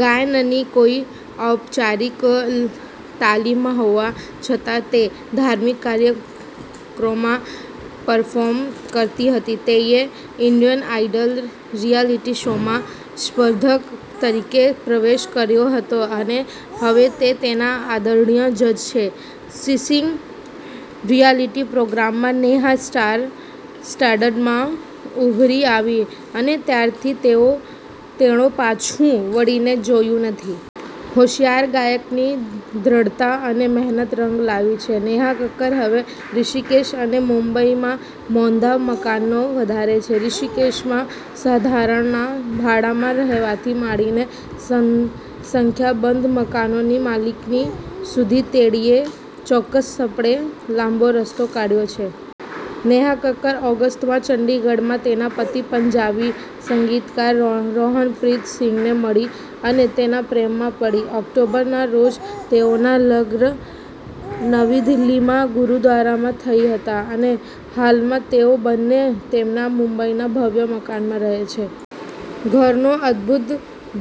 ગાયનની કોઈ ઔપચારિક તાલીમહોવા છતાં, તે ધાર્મિક કાર્યક્રમોમાં પરફોર્મ કરતી હતી. તેણીએ ઈન્ડિયન આઈડલ રિયાલિટી શોમાં સ્પર્ધક તરીકે પ્રવેશ કર્યો હતો અને હવે તે તેના આદરણીય જજ છે. સિંગિંગ રિયાલિટી પ્રોગ્રામમાં નેહા સ્ટારડમમાં ઉભરી આવી, અને ત્યારથી, તેણે પાછું વળીને જોયું નથી. હોશિયાર ગાયકની દ્રઢતા અને મહેનત રંગ લાવી છે. નેહા કક્કર હવે ઋષિકેશ અને મુંબઈમાં મોંઘા મકાનો ધરાવે છે. ઋષિકેશમાં સાધારણ ભાડામાં રહેવાથી માંડીને સંખ્યાબંધ મકાનોની માલિકી સુધી તેણીએ ચોક્કસપણે લાંબો રસ્તો કાઢ્યો છે. નેહા કક્કર ઓગસ્ટ માં ચંદીગઢમાં તેના પતિ, પંજાબી સંગીતકાર રોહનપ્રીત સિંહને મળી, અને તેના પ્રેમમાં પડી. ઓક્ટોબર, ના રોજ, તેઓના લગ્ન નવી દિલ્હીના ગુરુદ્વારામાં થયા હતા, અને હાલમાં, તેઓ બંને તેમના મુંબઈના ભવ્ય મકાનમાં રહે છે. ઘરનો અદભૂત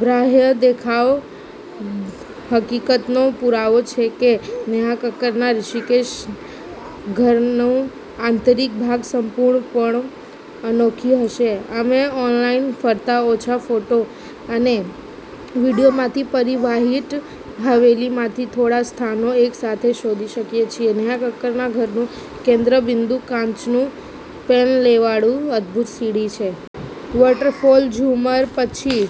બાહ્ય દેખાવહકીકતનો પુરાવો છે કે નેહા કક્કરના ઋષિકેશ ઘરનું આંતરિક ભાગ સંપૂર્ણપણે અનોખું હશે. અમે ઓનલાઈન ફરતા ઓછા ફોટા અને વિડીયોમાંથી પરી વ્હાઇટ હવેલીમાંથી થોડાં સ્થાનો એકસાથે શોધી શકીએ છીએ. નેહા કક્કરના ઘરનું કેન્દ્રબિંદુ કાચની પેનલોવાળી અદભૂત સીડી છે. વોટરફોલ ઝુમ્મર પછી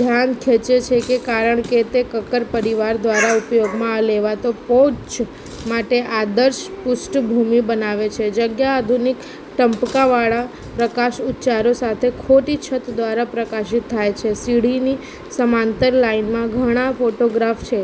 ધ્યાન ખેંચે છે કારણ કે તે કક્કર પરિવાર દ્વારા ઉપયોગમાં લેવાતા પોઝ માટે આદર્શ પૃષ્ઠભૂમિ બનાવે છે. જગ્યા આધુનિક ટપકાંવાળા પ્રકાશ ઉચ્ચારો સાથે ખોટી છત દ્વારા પ્રકાશિત થાય છે. સીડીની સમાંતર લાઇનમાં ઘણા ફોટોગ્રાફ્સ છે.